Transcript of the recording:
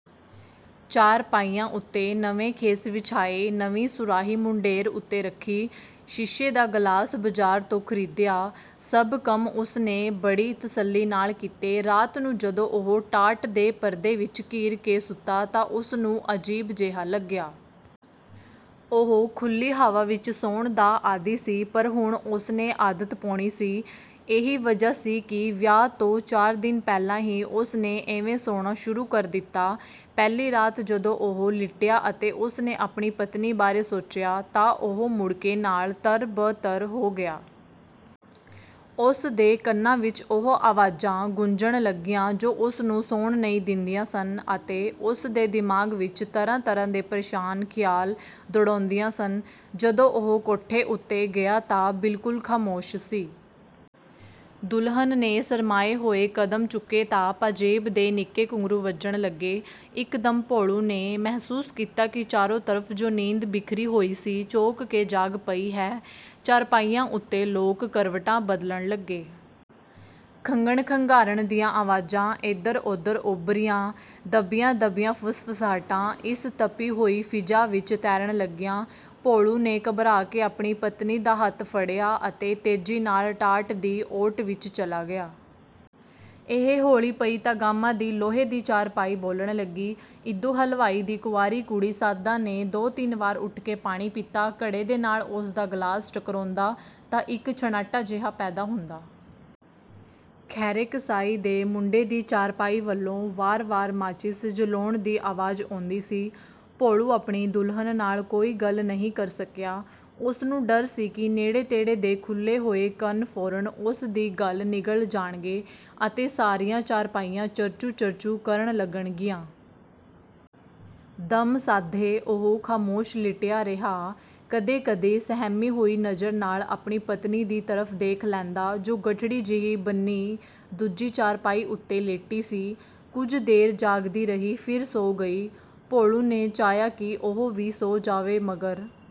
ਚਾਰਪਾਈਆਂ ਉੱਤੇ ਨਵੇਂ ਖੇਸ ਵਿਛਾਏ। ਨਵੀਂ ਸੁਰਾਹੀ ਮੁੰਡੇਰ ਉੱਤੇ ਰੱਖੀ। ਸ਼ੀਸ਼ੇ ਦਾ ਗਲਾਸ ਬਾਜ਼ਾਰ ਤੋਂ ਖ਼ਰੀਦਿਆ। ਸਭ ਕੰਮ ਉਸ ਨੇ ਬੜੀ ਤਸੱਲੀ ਨਾਲ ਕੀਤੇ। ਰਾਤ ਨੂੰ ਜਦੋਂ ਉਹ ਟਾਟ ਦੇ ਪਰਦੇ ਵਿੱਚ ਘਿਰ ਕੇ ਸੁੱਤਾ ਤਾਂ ਉਸ ਨੂੰ ਅਜੀਬ ਜਿਹਾ ਲੱਗਿਆ। ਉਹ ਖੁੱਲ੍ਹੀ ਹਵਾ ਵਿੱਚ ਸੌਣ ਦਾ ਆਦੀ ਸੀ ਪਰ ਹੁਣ ਉਸ ਨੇ ਆਦਤ ਪਾਉਣੀ ਸੀ। ਇਹੀ ਵਜ੍ਹਾ ਸੀ ਕਿ ਵਿਆਹ ਤੋਂ ਚਾਰ ਦਿਨ ਪਹਿਲਾਂ ਹੀ ਉਸ ਨੇ ਇਵੇਂ ਸੌਣਾ ਸ਼ੁਰੂ ਕਰ ਦਿੱਤਾ। ਪਹਿਲੀ ਰਾਤ ਜਦੋਂ ਉਹ ਲਿਟਿਆ ਅਤੇ ਉਸ ਨੇ ਆਪਣੀ ਪਤਨੀ ਬਾਰੇ ਸੋਚਿਆ ਤਾਂ ਉਹ ਮੁੜ੍ਹਕੇ ਨਾਲ ਤਰ-ਬ-ਤਰ ਹੋ ਗਿਆ। ਉਸ ਦੇ ਕੰਨਾਂ ਵਿੱਚ ਉਹ ਆਵਾਜ਼ਾਂ ਗੂੰਜਣ ਲੱਗੀਆਂ ਜੋ ਉਸਨੂੰ ਸੌਣ ਨਹੀਂ ਦਿੰਦੀਆਂ ਸਨ ਅਤੇ ਉਸ ਦੇ ਦਿਮਾਗ਼ ਵਿੱਚ ਤਰ੍ਹਾਂ ਤਰ੍ਹਾਂ ਦੇ ਪਰੇਸ਼ਾਨ ਖ਼ਿਆਲ ਦੌੜਾਉਂਦੀਆਂ ਸਨ। ਜਦੋਂ ਉਹ ਕੋਠੇ ਉੱਤੇ ਗਿਆ ਤਾਂ ਬਿਲਕੁਲ ਖ਼ਾਮੋਸ਼ ਸੀ। ਦੁਲਹਨ ਨੇ ਸ਼ਰਮਾਏ ਹੋਏ ਕਦਮ ਚੁੱਕੇ ਤਾਂ ਪਾਜ਼ੇਬ ਦੇ ਨਿੱਕੇ ਘੁੰਗਰੂ ਵੱਜਣ ਲੱਗੇ। ਇੱਕ ਦਮ ਭੋਲੂ ਨੇ ਮਹਿਸੂਸ ਕੀਤਾ ਕਿ ਚਾਰੋਂ ਤਰਫ਼ ਜੋ ਨੀਂਦ ਬਿਖਰੀ ਹੋਈ ਸੀ ਚੌਂਕ ਕੇ ਜਾਗ ਪਈ ਹੈ। ਚਾਰਪਾਈਆਂ ਉੱਤੇ ਲੋਕ ਕਰਵਟਾਂ ਬਦਲਣ ਲੱਗੇ। ਖੰਘਣ ਖੰਘਾਰਨ ਦੀਆਂ ਆਵਾਜ਼ਾਂ ਏਧਰ ਉੱਧਰ ਉਭਰੀਆਂ। ਦੱਬੀਆਂ ਦੱਬੀਆਂ ਫੁਸਫੁਸਾਹਟਾਂ ਇਸ ਤਪੀ ਹੋਈ ਫ਼ਿਜ਼ਾ ਵਿੱਚ ਤੈਰਨ ਲੱਗੀਆਂ। ਭੋਲੂ ਨੇ ਘਬਰਾ ਕੇ ਆਪਣੀ ਪਤਨੀ ਦਾ ਹੱਥ ਫੜਿਆ ਅਤੇ ਤੇਜ਼ੀ ਨਾਲ ਟਾਟ ਦੀ ਓਟ ਵਿੱਚ ਚਲਾ ਗਿਆ। ਇਹ ਹੌਲੀ ਪਈ ਤਾਂ ਗਾਮਾ ਦੀ ਲੋਹੇ ਦੀ ਚਾਰਪਾਈ ਬੋਲਣ ਲੱਗੀ। ਈਦੂ ਹਲਵਾਈ ਦੀ ਕੁਆਰੀ ਕੁੜੀ ਸ਼ਾਦਾਂ ਨੇ ਦੋ ਤਿੰਨ ਵਾਰ ਉੱਠ ਕੇ ਪਾਣੀ ਪੀਤਾ। ਘੜੇ ਦੇ ਨਾਲ ਉਸ ਦਾ ਗਲਾਸ ਟਕਰਾਉਂਦਾ ਤਾਂ ਇੱਕ ਛੰਨਾਟਾ ਜਿਹਾ ਪੈਦਾ ਹੁੰਦਾ। ਖੈਰੇ ਕਸਾਈ ਦੇ ਮੁੰਡੇ ਦੀ ਚਾਰਪਾਈ ਵੱਲੋਂ ਵਾਰ ਵਾਰ ਮਾਚਿਸ ਜਲਾਉਣ ਦੀ ਆਵਾਜ਼ ਆਉਂਦੀ ਸੀ। ਭੋਲੂ ਆਪਣੀ ਦੁਲਹਨ ਨਾਲ ਕੋਈ ਗੱਲ ਨਹੀਂ ਕਰ ਸਕਿਆ। ਉਸਨੂੰ ਡਰ ਸੀ ਕਿ ਨੇੜੇ ਤੇੜੇ ਦੇ ਖੁੱਲ੍ਹੇ ਹੋਏ ਕੰਨ ਫ਼ੌਰਨ ਉਸ ਦੀ ਗੱਲ ਨਿਗਲ ਜਾਣਗੇ ਅਤੇ ਸਾਰੀਆਂ ਚਾਰਪਾਈਆਂ ਚਰਚੂੰ ਚਰਚੂੰ ਕਰਨ ਲੱਗਣਗੀਆਂ। ਦਮ ਸਾਧੇ ਉਹ ਖ਼ਾਮੋਸ਼ ਲਿਟਿਆ ਰਿਹਾ। ਕਦੇ ਕਦੇ ਸਹਿਮੀ ਹੋਈ ਨਜ਼ਰ ਨਾਲ ਆਪਣੀ ਪਤਨੀ ਦੀ ਤਰਫ਼ ਦੇਖ ਲੈਂਦਾ ਜੋ ਗਠੜੀ ਜਿਹੀ ਬਣੀ ਦੂਜੀ ਚਾਰਪਾਈ ਉੱਤੇ ਲੇਟੀ ਸੀ। ਕੁੱਝ ਦੇਰ ਜਾਗਦੀ ਰਹੀ, ਫਿਰ ਸੌਂ ਗਈ। ਭੋਲੂ ਨੇ ਚਾਹਿਆ ਕਿ ਉਹ ਵੀ ਸੌਂ ਜਾਵੇ ਮਗਰ